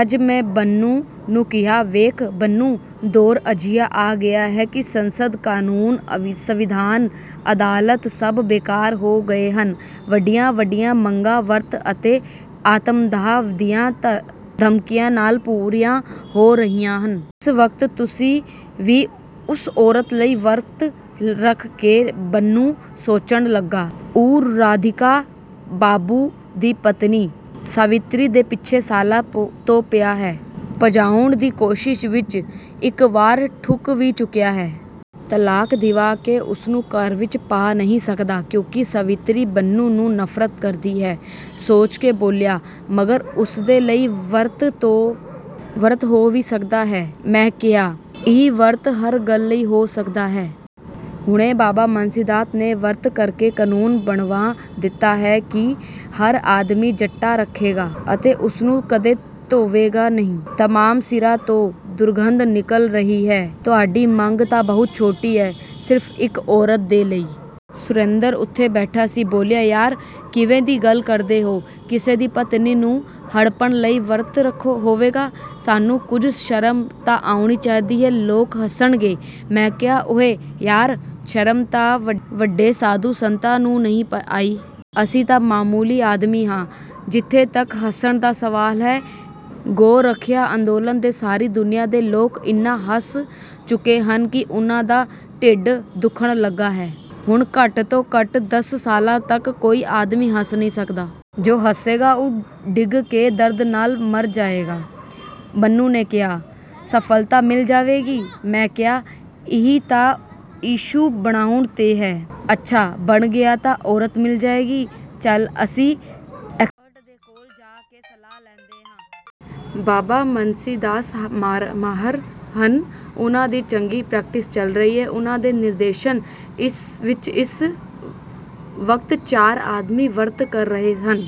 ਅੱਜ ਮੈਂ ਬੰਨੂ ਨੂੰ ਕਿਹਾ, "ਵੇਖ ਬੰਨੂ, ਦੌਰ ਅਜਿਹਾ ਆ ਗਿਆ ਹੈ ਕਿ ਸੰਸਦ, ਕਨੂੰਨ, ਸੰਵਿਧਾਨ, ਅਦਾਲਤ ਸਭ ਬੇਕਾਰ ਹੋ ਗਏ ਹਨ। ਵੱਡੀਆਂ-ਵੱਡੀਆਂ ਮੰਗਾਂ ਵਰਤ ਅਤੇ ਆਤਮਦਾਹ ਦੀਆਂ ਧਮਕੀਆਂ ਨਾਲ਼ ਪੂਰੀਆਂ ਹੋ ਰਹੀਆਂ ਹਨ। ਇਸ ਵਕਤ ਤੁਸੀਂ ਵੀ ਉਸ ਔਰਤ ਲਈ ਵਰਤ ਰੱਖ ਲੈ।" ਬੰਨੂ ਸੋਚਣ ਲੱਗਾ। ਉਹ ਰਾਧਿਕਾ ਬਾਬੂ ਦੀ ਪਤਨੀ ਸਾਵਿਤਰੀ ਦੇ ਪਿੱਛੇ ਸਾਲਾਂ ਤੋਂ ਪਿਆ ਹੈ। ਭਜਾਉਣ ਦੀ ਕੋਸ਼ਿਸ਼ ਵਿੱਚ ਇੱਕ ਵਾਰ ਠੁੱਕ ਵੀ ਚੁੱਕਿਆ ਹੈ। ਤਲਾਕ ਦਿਵਾ ਕੇ ਉਸਨੂੰ ਘਰ ਵਿੱਚ ਪਾ ਨਹੀਂ ਸਕਦਾ, ਕਿਉਂਕਿ ਸਾਵਿਤਰੀ ਬੰਨੂ ਨੂੰ ਨਫ਼ਰਤ ਕਰਦੀ ਹੈ। ਸੋਚ ਕੇ ਬੋਲਿਆ, "ਮਗਰ ਉਸਦੇ ਲਈ ਵਰਤ ਹੋ ਵੀ ਸਕਦਾ ਹੈ?" ਮੈਂ ਕਿਹਾ, "ਇਹ ਵਰਤ ਹਰ ਗੱਲ ਲਈ ਹੋ ਸਕਦਾ ਹੈ। ਹੁਣੇ ਬਾਬਾ ਸਨਕੀਦਾਸ ਨੇ ਵਰਤ ਕਰਕੇ ਕਨੂੰਨ ਬਣਵਾ ਦਿੱਤਾ ਹੈ ਕਿ ਹਰ ਆਦਮੀ ਜਟਾਂ ਰੱਖੇਗਾ ਅਤੇ ਉਸਨੂੰ ਕਦੇ ਧੋਏਗਾ ਨਹੀਂ। ਤਮਾਮ ਸਿਰਾਂ ਤੋਂ ਦੁਰਗੰਧ ਨਿਕਲ ਰਹੀ ਹੈ। ਤੁਹਾਡੀ ਮੰਗ ਤਾਂ ਬਹੁਤ ਛੋਟੀ ਹੈ, ਸਿਰਫ਼ ਇੱਕ ਔਰਤ ਦੇ ਲਈ।" ਸੁਰੇਂਦਰ ਉੱਥੇ ਬੈਠਾ ਸੀ। ਬੋਲਿਆ, "ਯਾਰ ਕਿਵੇਂ ਦੀ ਗੱਲ ਕਰਦੇ ਹੋ! ਕਿਸੇ ਦੀ ਪਤਨੀ ਨੂੰ ਹੜੱਪਣ ਲਈ ਵਰਤ ਹੋਵੇਗਾ? ਸਾਨੂੰ ਕੁੱਝ ਸ਼ਰਮ ਤਾਂ ਆਉਣੀ ਚਾਹੀਦੀ ਹੈ। ਲੋਕ ਹੱਸਣਗੇ।" ਮੈਂ ਕਿਹਾ, "ਓਏ ਯਾਰ, ਸ਼ਰਮ ਤਾਂ ਵੱਡੇ-ਵੱਡੇ ਸਾਧੂ-ਸੰਤਾਂ ਨੂੰ ਨਹੀਂ ਆਈ। ਅਸੀਂ ਤਾਂ ਮਾਮੂਲੀ ਆਦਮੀ ਹਾਂ। ਜਿੱਥੇ ਤੱਕ ਹੱਸਣ ਦਾ ਸਵਾਲ ਹੈ, ਗੋ-ਰੱਖਿਆ ਅੰਦੋਲਨ 'ਤੇ ਸਾਰੀ ਦੁਨੀਆਂ ਦੇ ਲੋਕ ਇੰਨਾ ਹੱਸ ਚੁੱਕੇ ਹਨ ਕਿ ਉਨ੍ਹਾਂ ਦਾ ਢਿੱਡ ਦੁੱਖਣ ਲੱਗਾ ਹੈ। ਹੁਣ ਘੱਟ-ਤੋਂ-ਘੱਟ ਦਸ ਸਾਲਾਂ ਤੱਕ ਕੋਈ ਆਦਮੀ ਹੱਸ ਨਹੀਂ ਸਕਦਾ। ਜੋ ਹੱਸੇਗਾ ਉਹ ਢਿੱਡ ਦੇ ਦਰਦ ਨਾਲ਼ ਮਰ ਜਾਵੇਗਾ।" ਬੰਨੂ ਨੇ ਕਿਹਾ, "ਸਫ਼ਲਤਾ ਮਿਲ ਜਾਵੇਗੀ?" ਮੈਂ ਕਿਹਾ, "ਇਹ ਤਾਂ ਇਸ਼ੂ ਬਣਾਉਣ 'ਤੇ ਹੈ। ਅੱਛਾ ਬਣ ਗਿਆ ਤਾਂ ਔਰਤ ਮਿਲ ਜਾਵੇਗੀ। ਚੱਲ, ਅਸੀਂ ਐਕਸਪਰਟ ਦੇ ਕੋਲ ਜਾ ਕੇ ਸਲਾਹ ਲੈਂਦੇ ਹਾਂ। ਬਾਬਾ ਸਨਕੀਦਾਸ ਮਾਹਰ ਹਨ। ਉਨ੍ਹਾਂ ਦੀ ਚੰਗੀ ਪ੍ਰੈਕਟਿਸ ਚੱਲ ਰਹੀ ਹੈ। ਉਨ੍ਹਾਂ ਦੇ ਨਿਰਦੇਸ਼ਨ ਵਿੱਚ ਇਸ ਵਕਤ ਚਾਰ ਆਦਮੀ ਵਰਤ ਕਰ ਰਹੇ ਹਨ।"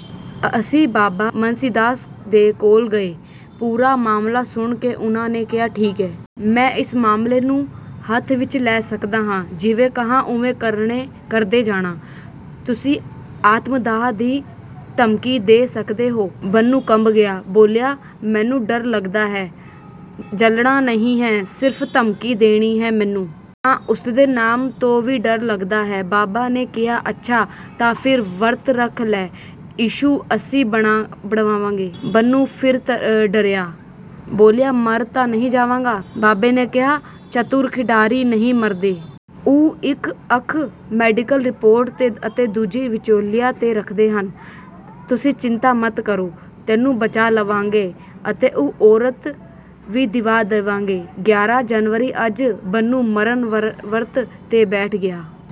ਅਸੀਂ ਬਾਬਾ ਸਨਕੀਦਾਸ ਦੇ ਕੋਲ ਗਏ। ਪੂਰਾ ਮਾਮਲਾ ਸੁਣ ਕੇ ਉਨ੍ਹਾਂ ਨੇ ਕਿਹਾ, "ਠੀਕ ਹੈ। ਮੈਂ ਇਸ ਮਾਮਲੇ ਨੂੰ ਹੱਥ ਵਿੱਚ ਲੈ ਸਕਦਾ ਹਾਂ। ਜਿਵੇਂ ਕਹਾਂ ਉਵੇਂ ਕਰਦੇ ਜਾਣਾ। ਤੁਸੀਂ ਆਤਮਦਾਹ ਦੀ ਧਮਕੀ ਦੇ ਸਕਦੇ ਹੋ?" ਬੰਨੂ ਕੰਬ ਗਿਆ। ਬੋਲਿਆ, "ਮੈਨੂੰ ਡਰ ਲੱਗਦਾ ਹੈ।" "ਜਲਣਾ ਨਹੀਂ ਹੈ। ਸਿਰਫ਼ ਧਮਕੀ ਦੇਣੀ ਹੈ।"ਮੈਨੂੰ ਤਾਂ ਉਸਦੇ ਨਾਮ ਤੋਂ ਵੀ ਡਰ ਲੱਗਦਾ ਹੈ।" ਬਾਬਾ ਨੇ ਕਿਹਾ, "ਅੱਛਾ ਤਾਂ ਫਿਰ ਵਰਤ ਰੱਖ ਲੈ। ਇਸ਼ੂ ਅਸੀਂ ਬਣਾਵਾਂਗੇ।" ਬੰਨੂ ਫਿਰ ਡਰਿਆ। ਬੋਲਿਆ, "ਮਰ ਤਾਂ ਨਹੀਂ ਜਾਵਾਂਗਾ।" ਬਾਬੇ ਨੇ ਕਿਹਾ, "ਚਤੁਰ ਖਿਡਾਰੀ ਨਹੀਂ ਮਰਦੇ। ਉਹ ਇੱਕ ਅੱਖ ਮੈਡੀਕਲ ਰਿਪੋਰਟ 'ਤੇ ਅਤੇ ਦੂਜੀ ਵਿਚੋਲਿਆਂ 'ਤੇ ਰੱਖਦੇ ਹਨ। ਤੁਸੀਂ ਚਿੰਤਾ ਮਤ ਕਰੋ। ਤੈਨੂੰ ਬਚਾ ਲਵਾਂਗੇ ਅਤੇ ਉਹ ਔਰਤ ਵੀ ਦਿਵਾ ਦੇਵਾਂਗੇ।" ਗਿਆਰਾ ਜਨਵਰੀ ਅੱਜ ਬੰਨੂ ਮਰਨ ਵਰਤ 'ਤੇ ਬੈਠ ਗਿਆ।